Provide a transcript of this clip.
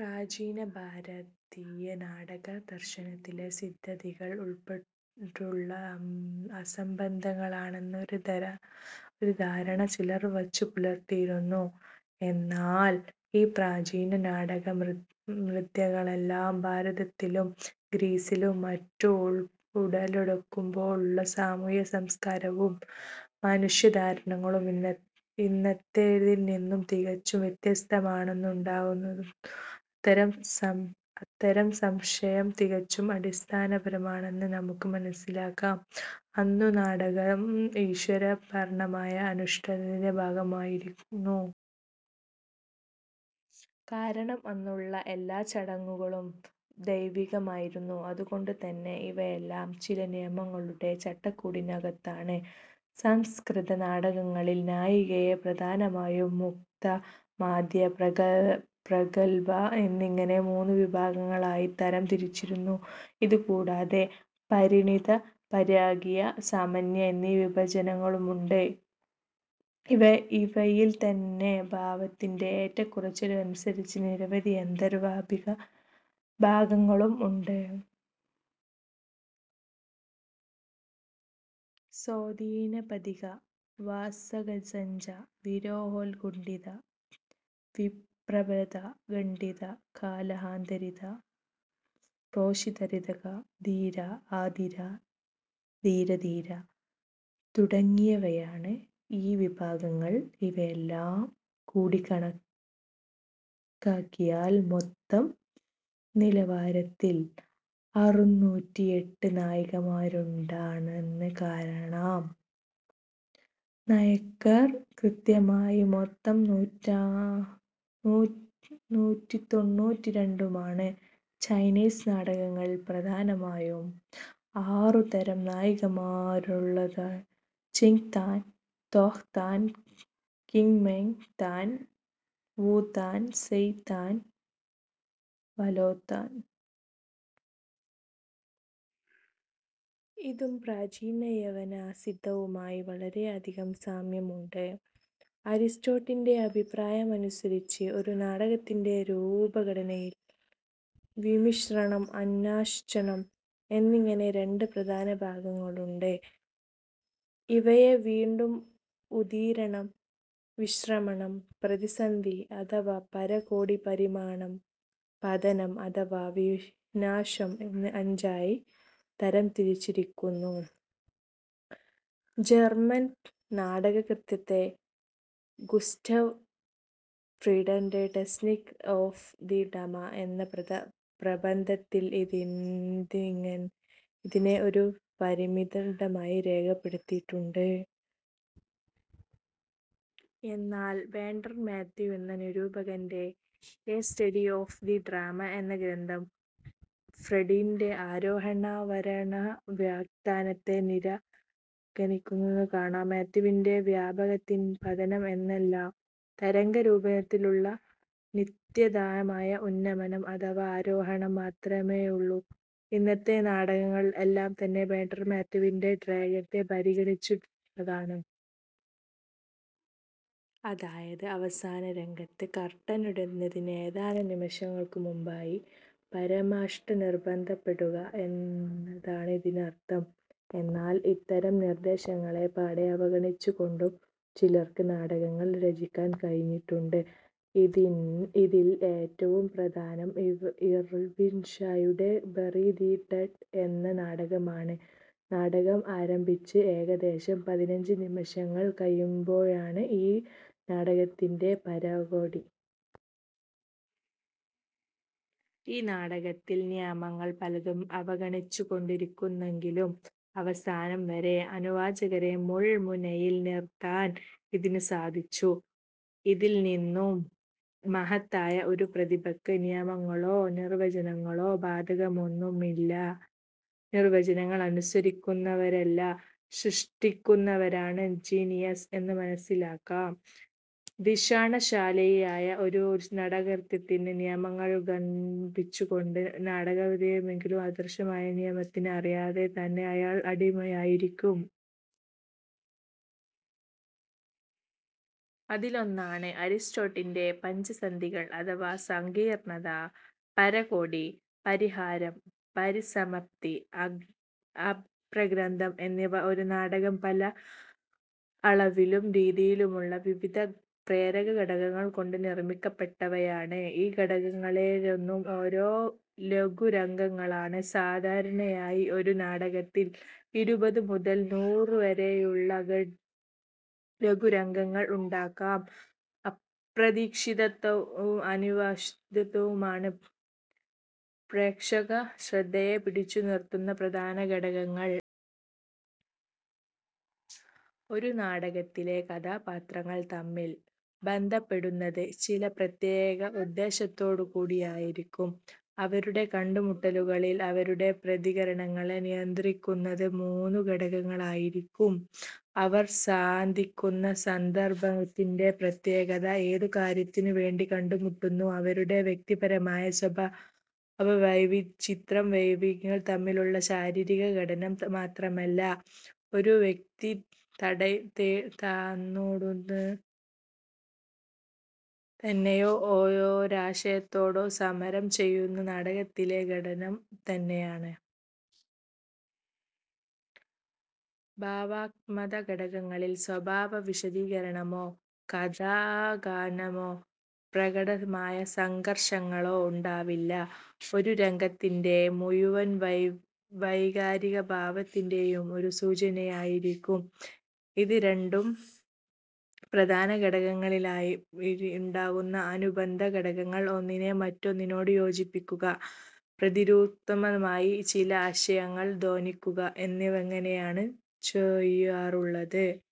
പ്രാചീന ഭാരതീയ നാടകദർശനത്തിലെ സിദ്ധാന്തങ്ങൾ ഉൾപ്പെടെയുള്ളവ അസംബന്ധങ്ങളാണെന്ന ഒരു ധാരണ ചിലർ വച്ചുപുലർത്തിയിരുന്നു. എന്നാൽ ഈ പ്രാചീന നാടകമാതൃകകളെല്ലാം ഭാരതത്തിലും ഗ്രീസിലും മറ്റും ഉടലെടുക്കുമ്പോഴുള്ള സാമൂഹ്യ സംസ്കാരവും മനുഷ്യധാരണകളും ഇന്നത്തേതിൽ നിന്നും തികച്ചും വ്യത്യസ്തമാണെന്നതുകൊണ്ടുതന്നെ അത്തരം സംശയം തികച്ചും അടിസ്ഥാനരഹിതമാണെന്ന് നമുക്ക് മനസ്സിലാക്കാം. അന്നു നാടകം ഈശ്വരാർപ്പണമായ അനുഷ്ഠാനത്തിൻ്റെ ഭാഗമായിരുന്നു. കാരണം അന്നുള്ള എല്ലാ ചടങ്ങുകളും ദൈവികമായിരുന്നു. അതുകൊണ്ടുതന്നെ ഇവയെല്ലാം ചില നിയമങ്ങളുടെ ചട്ടക്കൂടിനകത്താണ്. സംസ്കൃത നാടകങ്ങളിൽ നായികയെ പ്രധാനമായും മുഗ്ധ, മധ്യ, പ്രഗല്ഭ എന്നിങ്ങനെ മൂന്നു വിഭാഗമായി തരം തിരിച്ചിരിക്കുന്നു. ഇതുകൂടാതെ പരിണീത, പരകീയ, സാമാന്യ എന്നീ വിഭജനവുമുണ്ട്. ഇവയിൽത്തന്നെ ഭാവത്തിൻ്റെ ഏറ്റക്കുറച്ചിലനുസരിച്ച് നിരവധി അവാന്തരവിഭാഗങ്ങളും ഉണ്ട്. സ്വാധീനപതിക, വാസകസജ്ജ, വിരഹോൽക്കുണ്ഠിത, വിപ്രലബ്ധ, ഖണ്ഡിത, കലഹാന്തരിത, പ്രോഷിതപതിക, ധീര, അധീര, ധീരാധീര തുടങ്ങിയവയാണ് ഈ വിഭാഗങ്ങൾ. ഇവയെല്ലാം കൂടി കണക്കാക്കിയാൽ മൊത്തം നാലായിരത്തി അറുനൂറ്റി എട്ട് നായികമാരുണ്ടെന്ന് കാണാം. നായകർ കൃത്യമായി മൊത്തം നൂറ്റിത്തൊണ്ണൂറ്റി രണ്ടുമാണ്. ചൈനീസ് നാടകങ്ങളിൽ പ്രധാനമായും ആറു തരം നായികമാരാണുള്ളത്; ചിങ് താൻ, ഹ്വാതാൻ, ക്വിയിമെങ് താൻ, വൂത്താൻ, സയ്ത്താൻ, ലവോത്താൻ. ഇതും പ്രാചീന യവന സിദ്ധാന്തവുമായി വളരെയധികം സാമ്യമുണ്ട്. അരിസ്റ്റോട്ടിലിൻ്റെ അഭിപ്രായമനുസരിച്ച് ഒരു നാടകത്തിൻ്റെ രൂപഘടനയിൽ വ്യാമിശ്രണം, അനാച്ഛാദനം എന്നിങ്ങനെ രണ്ട് പ്രധാന ഭാഗങ്ങളുണ്ട്. ഇവയെ വീണ്ടും ഉദീരണം, വ്യാമിശ്രണം, പ്രതിസന്ധി അഥവാ പരകോടി, പരിണാമം, പതനം അഥവാ വിനാശം എന്ന് അഞ്ചായി തരംതിരിച്ചിരിക്കുന്നു. ജർമ്മൻ നാടകകൃത്തായ ഗുസ്റ്റവ് ഫ്രീടാഗിൻ്റെ ടെക്നിക് ഒഫ് ദി ഡ്രാമ എന്ന പ്രബന്ധത്തിൽ ഇതിനെ ഒരു പിരമിഡായി രേഖപ്പെടുത്തിയിട്ടുണ്ട്. എന്നാൽ ബ്രാൻഡർ മാത്യു എന്ന നിരൂപകൻ്റെ a study of the drama എന്ന ഗ്രന്ഥം ഫ്രീടാഗിൻ്റെ ആരോഹണാവരോഹണ വ്യാഖ്യാനത്തെ നിരാകരിക്കുന്നതായി കാണാം. മാത്യുവിൻ്റെ വ്യാഖ്യാനത്തിൽ പതനം എന്നൊന്നില്ല. തരംഗരൂപത്തിലുള്ള നിതാന്തമായ ഉന്നമനം അഥവാ ആരോഹണം മാത്രമേയുള്ളൂ. ഇന്നത്തെ നാടകങ്ങൾ എല്ലാം തന്നെ ബ്രാൻഡർ മാത്യുവിൻ്റെ ഡയഗ്രത്തെ പരിഗണിച്ചുകൊണ്ടുള്ളതാണ്. അതായത്, അവസാനരംഗത്ത് കർട്ടനിടുന്നതിന് ഏതാനും നിമിഷങ്ങൾക്കു മുമ്പായി പരമകാഷ്ഠ നിർബന്ധിക്കപ്പെടുക എന്നതാണിതിനർഥം. എന്നാൽ ഇത്തരം നിർദ്ദേശങ്ങളെ പാടെ അവഗണിച്ചുകൊണ്ടും ചിലർക്ക് നാടകങ്ങൾ രചിക്കാൻ കഴിഞ്ഞിട്ടുണ്ട്. ഇതിൽ ഏറ്റവും പ്രധാനം ഇർവിൻ ഷായുടെ ബറി ദി ഡെഡ് എന്ന നാടകമാണ്. നാടകം ആരംഭിച്ച് ഏകദേശം പതിനഞ്ച് നിമിഷങ്ങൾ കഴിയുമ്പോഴാണ് ഈ നാടകത്തിൻ്റെ പരകോടി. ഈ നാടകത്തിൽ നിയമങ്ങൾ പലതും അവഗണിച്ചിരുന്നുവെങ്കിലും അവസാനം വരെ അനുവാചകരെ മുൾമുനയിൽ നിർത്താൻ ഇതിനു സാധിച്ചു. ഇതിൽനിന്നും മഹത്തായ ഒരു പ്രതിഭയ്ക്ക് നിയമങ്ങളോ നിർവചനങ്ങളോ ബാധകമല്ലെന്നും നിർവചനങ്ങൾ അനുസരിക്കുന്നവരല്ല, സൃഷ്ടിക്കുന്നവരാണ് ജീനിയസ് എന്നും മനസ്സിലാക്കാം. ധിഷണാശാലിയായ ഒരു നാടകകൃത്തിന് നിയമങ്ങൾ ലംഘിച്ചുകൊണ്ട് നാടകമവതരിപ്പിക്കാമെങ്കിലും അദൃശ്യമായ ഒരു നിയമത്തിന് അറിയാതെ തന്നെ അയാൾ അടിമയായിരിക്കും. അതിലൊന്നാണ് അരിസ്റ്റോട്ടിലിൻ്റെ പഞ്ചസന്ധികൾ അഥവാ സങ്കീർണ്ണത, പരകോടി, പരിഹാരം, പരിസമാപ്തി, അപഗ്രഥനം എന്നിവ. ഒരു നാടകം പല അളവിലും രീതിയിലുമുള്ള വിവിധ പ്രേരകഘടകങ്ങൾ കൊണ്ട് നിർമ്മിക്കപ്പെട്ടവയാണ്. ഈ ഘടകങ്ങളോരോന്നും ഓരോ ലഘുരംഗങ്ങളാണ്. സാധാരണയായി ഒരു നാടകത്തിൽ ഇരുപതു മുതൽ നൂറുവരെയുള്ള ലഘുരംഗങ്ങൾ ഉണ്ടാകാം. അപ്രതീക്ഷിതത്വവും അനിശ്ചിതത്വവുമാണ് പ്രേക്ഷകശ്രദ്ധയെ പിടിച്ചു നിർത്തുന്ന പ്രധാന ഘടകങ്ങൾ. ഒരു നാടകത്തിലെ കഥാപാത്രങ്ങൾ തമ്മിൽ ബന്ധപ്പെടുന്നത് ചില പ്രത്യേക ഉദ്ദേശത്തോടുകൂടിയായിരിക്കും. അവരുടെ കണ്ടുമുട്ടലുകളിൽ അവരുടെ പ്രതികരണങ്ങളെ നിയന്ത്രിക്കുന്നത് മൂന്ന് ഘടകങ്ങളായിരിക്കും; അവർ സന്ധിക്കുന്ന സന്ദർഭത്തിൻ്റെ പ്രത്യേകത, എന്തു കാര്യത്തിനുവേണ്ടി കണ്ടുമുട്ടുന്നു, അവരുടെ വ്യക്തിപരമായ സ്വഭാവ വൈചിത്ര്യം. വ്യക്തികൾ തമ്മിലുള്ള ശാരീരിക സംഘട്ടനം മാത്രമല്ല, ഒരു വ്യക്തി തന്നോടു തന്നെയോ ഒരാശയത്തോടോ സമരം ചെയ്യുന്നതും നാടകത്തിലെ സംഘട്ടനം തന്നെയാണ്. ഭാവാത്മക ഘടകങ്ങളിൽ സ്വഭാവ വിശദീകരണമോ കഥാകഥനമോ പ്രകടമായ സംഘർഷങ്ങളോ ഉണ്ടാവില്ല. ഒരു രംഗത്തിൻ്റെ മുഴുവൻ വൈകാരിക ഭാവത്തിൻ്റെയും ഒരു സൂചനയായിരിക്കും ഇത്. രണ്ടു പ്രധാന ഘടകങ്ങൾക്കിടയിൽ ഉണ്ടാകുന്ന അനുബന്ധ ഘടകങ്ങൾ ഒന്നിനെ മറ്റൊന്നിനോട് യോജിപ്പിക്കുക, പ്രതിരൂപാത്മകമായി ചില ആശയങ്ങൾ ധ്വനിപ്പിക്കുക എന്നിവയൊക്കെയാണ് ചെയ്യാറുള്ളത്.